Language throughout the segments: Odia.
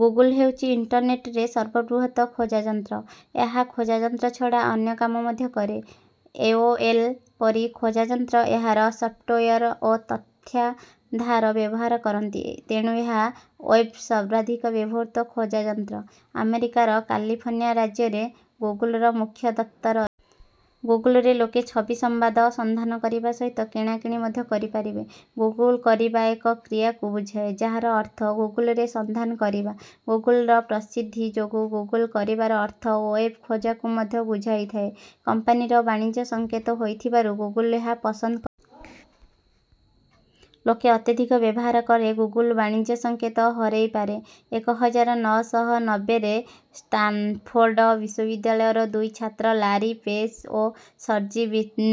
ଗୁଗଲ ହେଉଚି ଇଣ୍ଟରନେଟରେ ସର୍ବବୃହତ ଖୋଜାଯନ୍ତ୍ର। ଏହା ଖୋଜାଯନ୍ତ୍ର ଛଡ଼ା ଅନ୍ୟ କାମ ମଧ୍ୟ କରେ। ଏଓଏଲ୍ ପରି ଖୋଜାଯନ୍ତ୍ର ଏହାର ସଫ୍ଟୱେର୍ ଓ ତଥ୍ୟାଧାର ବ୍ୟବହାର କରନ୍ତି। ତେଣୁ ଏହା ୱେବ୍ର ସର୍ବାଧିକ ବ୍ୟବହୃତ ଖୋଜାଯନ୍ତ୍ର। ଆମେରିକାର କାଲିଫର୍ନିଆ ରାଜ୍ୟରେ ଗୁଗଲର ମୁଖ୍ୟ ଦପ୍ତର ଅଛି। ଗୁଗଲରେ ଲୋକେ ଛବି, ସମ୍ବାଦ ସନ୍ଧାନ କରିବା ସହିତ କିଣାକିଣି ମଧ୍ୟ କରିପାରିବେ। ଗୁଗଲ କରିବା ଏକ କ୍ରିୟାକୁ ବୁଝାଏ, ଯାହାର ଅର୍ଥ ଗୁଗଲରେ ସନ୍ଧାନ କରିବା। ଗୁଗଲର ପ୍ରସିଦ୍ଧି ଯୋଗୁ, ଗୁଗଲ କରିବା ଅର୍ଥ ୱେବ୍ ଖୋଜାକୁ ମଧ୍ୟ ବୁଝାଇଥାଏ। କମ୍ପାନୀର ବାଣିଜ୍ୟସଂକେତ ହୋଇଥିବାରୁ ଗୁଗଲ ଏହା ପସନ୍ଦ କ। ଲୋକେ ଅତ୍ୟଧିକ ବ୍ୟବହାର କଲେ ଗୁଗଲ ବାଣିଜ୍ୟସଂକେତ ହରେଇପାରେ। ଏକ ହଜାର ନଅ ଶହ ନବେରେ ଷ୍ଟାନ୍ଫୋର୍ଡ଼୍ ବିଶ୍ୱବିଦ୍ୟାଳୟର ଦୁଇ ଛାତ୍ର ଲାରୀ ପେଜ୍ ଓ ସର୍ଜି ବିନ୍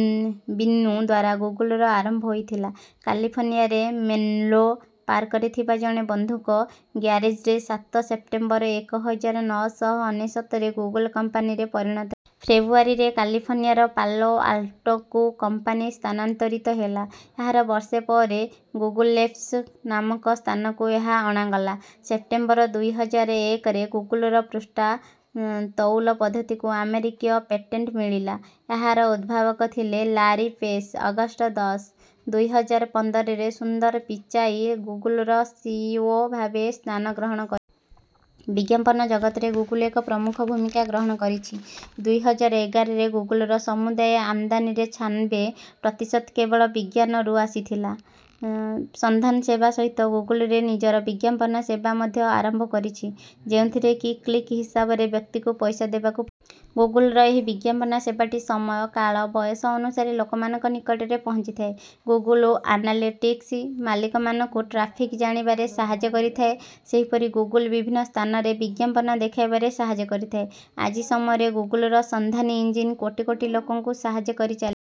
ବିନୁ ଦ୍ୱାରା ଗୁଗଲ ଆରମ୍ଭ ହୋଇଥିଲା। କାଲିଫର୍ନିଆର ମେନ୍ଲୋ ପାର୍କରେ ଥିବା ଜଣେ ବନ୍ଧୁଙ୍କ ଗ୍ୟାରେଜ୍ରେ ସାତ ସେପ୍ଟେମ୍ବର, ଏକ ହଜାର ନଅ ଶହ ଅନେଶତରେ ଗୁଗଲ କମ୍ପାନୀରେ ପରିଣତ ହେଲା। ଫେବ୍ରୁଆରୀରେ କାଲିଫର୍ନିଆର ପାଲୋ ଆଲ୍ଟୋକୁ କମ୍ପାନୀ ସ୍ଥାନାନ୍ତରିତ ହେଲା। ଏହାର ବର୍ଷେ ପରେ ଗୁଗଲ୍ପ୍ଲେକ୍ସ ନାମକ ସ୍ଥାନକୁ ଏହା ଅଣାଗଲା। ସେପ୍ଟେମ୍ବର ଦୁଇ ହଜାର ଏକରେ ଗୁଗଲର ପୃଷ୍ଠା ତଉଲ ପଦ୍ଧତିକୁ ଆମେରିକୀୟ ପେଟେଣ୍ଟ ମିଳିଲା। ଏହାର ଉଦ୍ଭାବକ ଥିଲେ ଲାରୀ ପେଜ୍। ଅଗଷ୍ଟ ଦଶ, ଦୁଇ ହଜାର ପନ୍ଦରରେ ସୁନ୍ଦର ପିଚାଇ ଗୁଗଲର ସିଇଓ ଭାବେ ସ୍ଥାନ ଗ୍ରହଣ କରିଥିଲେ। ବିଜ୍ଞାପନ ଜଗତରେ ଗୁଗଲ ଏକ ପ୍ରମୁଖ ଭୂମିକା ଗ୍ରହଣ କରିଛି। ଦୁଇ ହଜାର ଏଗାରରେ ଗୁଗଲର ସମୁଦାୟ ଆମଦାନିର ଛାନବେ ପ୍ରତିଶତ କେବଳ ବିଜ୍ଞାପନରୁ ଆସିଥିଲା। ସନ୍ଧାନ ସେବା ସହିତ ଗୁଗଲ ନିଜର ବିଜ୍ଞାପନ ସେବା ମଧ୍ୟ ଆରମ୍ଭ କରିଛି, ଯେଉଁଥିରେ କି କ୍ଲିକ୍ ହିସାବରେ ବ୍ୟକ୍ତିକୁ ପଇସା ଦେବାକୁ। ଗୁଗଲର ଏହି ବିଜ୍ଞାପନ ସେବାଟି ସମୟ, କାଳ, ବୟସ ଅନୁସାରେ ଲୋକମାନଙ୍କ ନିକଟରେ ପହଞ୍ଚିଥାଏ। ଗୁଗଲ ଆନାଲିଟିକ୍ସ, ମାଲିକମାନଙ୍କୁ ଟ୍ରାଫିକ୍ ଜାଣିବାରେ ସାହାଯ୍ୟ କରିଥାଏ। ସେହିପରି ଗୁଗଲ ବିଭିନ୍ନ ସ୍ଥାନରେ ବିଜ୍ଞାପନ ଦେଖାଇବାରେ ସାହାଯ୍ୟ କରିଥାଏ। ଆଜି ସମୟରେ ଗୁଗଲର ସନ୍ଧାନୀ ଇଞ୍ଜିନ୍ କୋଟି କୋଟି ଲୋକଙ୍କୁ ସାହାଯ୍ୟ କରି ଚାଲ୍।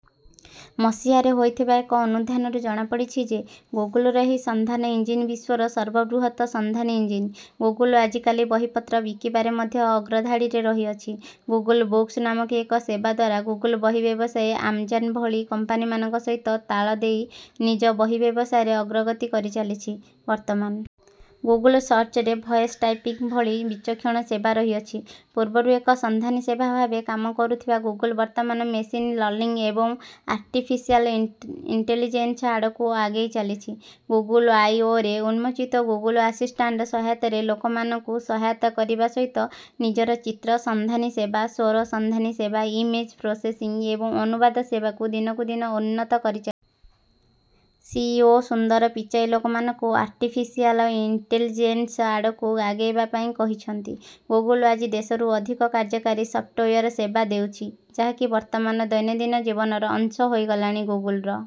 ମସିହାରେ ହୋଇଥିବା ଏକ ଅନୁଧ୍ୟାନରୁ ଜଣାପଡ଼ିଛି ଯେ ଗୁଗଲର ଏହି ସନ୍ଧାନୀ ଇଞ୍ଜିନ୍ ବିଶ୍ୱର ସର୍ବବୃହତ ସନ୍ଧାନୀ ଇଞ୍ଜିନ୍। ଗୁଗଲ ଆଜିକାଲି ବହିପତ୍ର ବିକିବାରେ ମଧ୍ୟ ଅଗ୍ରଧାଡ଼ିରେ ରହିଅଛି। ଗୁଗଲ ବୁକ୍ସ ନାମକ ଏକ ସେବା ଦ୍ୱାରା ଗୁଗଲ ବହି ବ୍ୟବସାୟରେ ଆମାଜନ୍ ଭଳି କମ୍ପାନୀମାନଙ୍କ ସହିତ ତାଳ ଦେଇ, ନିଜ ବହି ବ୍ୟବସାୟରେ ଅଗ୍ରଗତି କରି ଚାଲିଛି। ବର୍ତ୍ତମାନ ଗୁଗଲ ସର୍ଚ୍ଚରେ ଭଏସ୍ ଟାଇପିଂ ଭଳି ବିଚକ୍ଷଣ ସେବା ରହିଅଛି। ପୂର୍ବରୁ ଏକ ସନ୍ଧାନୀ ସେବା ଭାବେ କାମ କରୁଥିବା ଗୁଗଲ, ବର୍ତ୍ତମାନ ମେସିନ୍ ଲର୍ନିଂ ଏବଂ ଆର୍ଟିଫିସିଆଲ୍ ଇଣ୍ଟେଲିଜେନ୍ସ ଆଡ଼କୁ ଆଗେଇ ଚାଲିଛି। ଗୁଗଲ ଆଇ ଓରେ ଉନ୍ମୋଚିତ ଗୁଗଲ ଆସିଷ୍ଟାଣ୍ଟ ସହାୟତାରେ ଲୋକମାନଙ୍କୁ ସହାୟତା କରିବା ସହିତ, ନିଜର ଚିତ୍ର ସନ୍ଧାନୀ ସେବା, ସ୍ୱର ସନ୍ଧାନୀ ସେବା, ଇମେଜ୍ ପ୍ରୋସେସିଂ ଏବଂ ଅନୁବାଦ ସେବାକୁ ଦିନକୁ ଦିନ ଉନ୍ନତ କରିଚାଲ୍। ସିଇଓ ସୁନ୍ଦର ପିଚାଇ ଲୋକମାନଙ୍କୁ ଆର୍ଟିଫିସିଆଲ୍ ଇଣ୍ଟେଲିଜେନ୍ସ ଆଡ଼କୁ ଆଗେଇବା ପାଇଁ କହିଛନ୍ତି। ଗୁଗଲ ଆଜି ଦଶରୁ ଅଧିକ କାର୍ଯ୍ୟକାରୀ ସଫ୍ଟୱେର୍ ସେବା ଦେଉଛି, ଯାହାକି ବର୍ତ୍ତମାନ ଦୈନନ୍ଦିନ ଜୀବନର ଅଂଶ ହୋଇଗଲାଣି। ଗୁଗଲର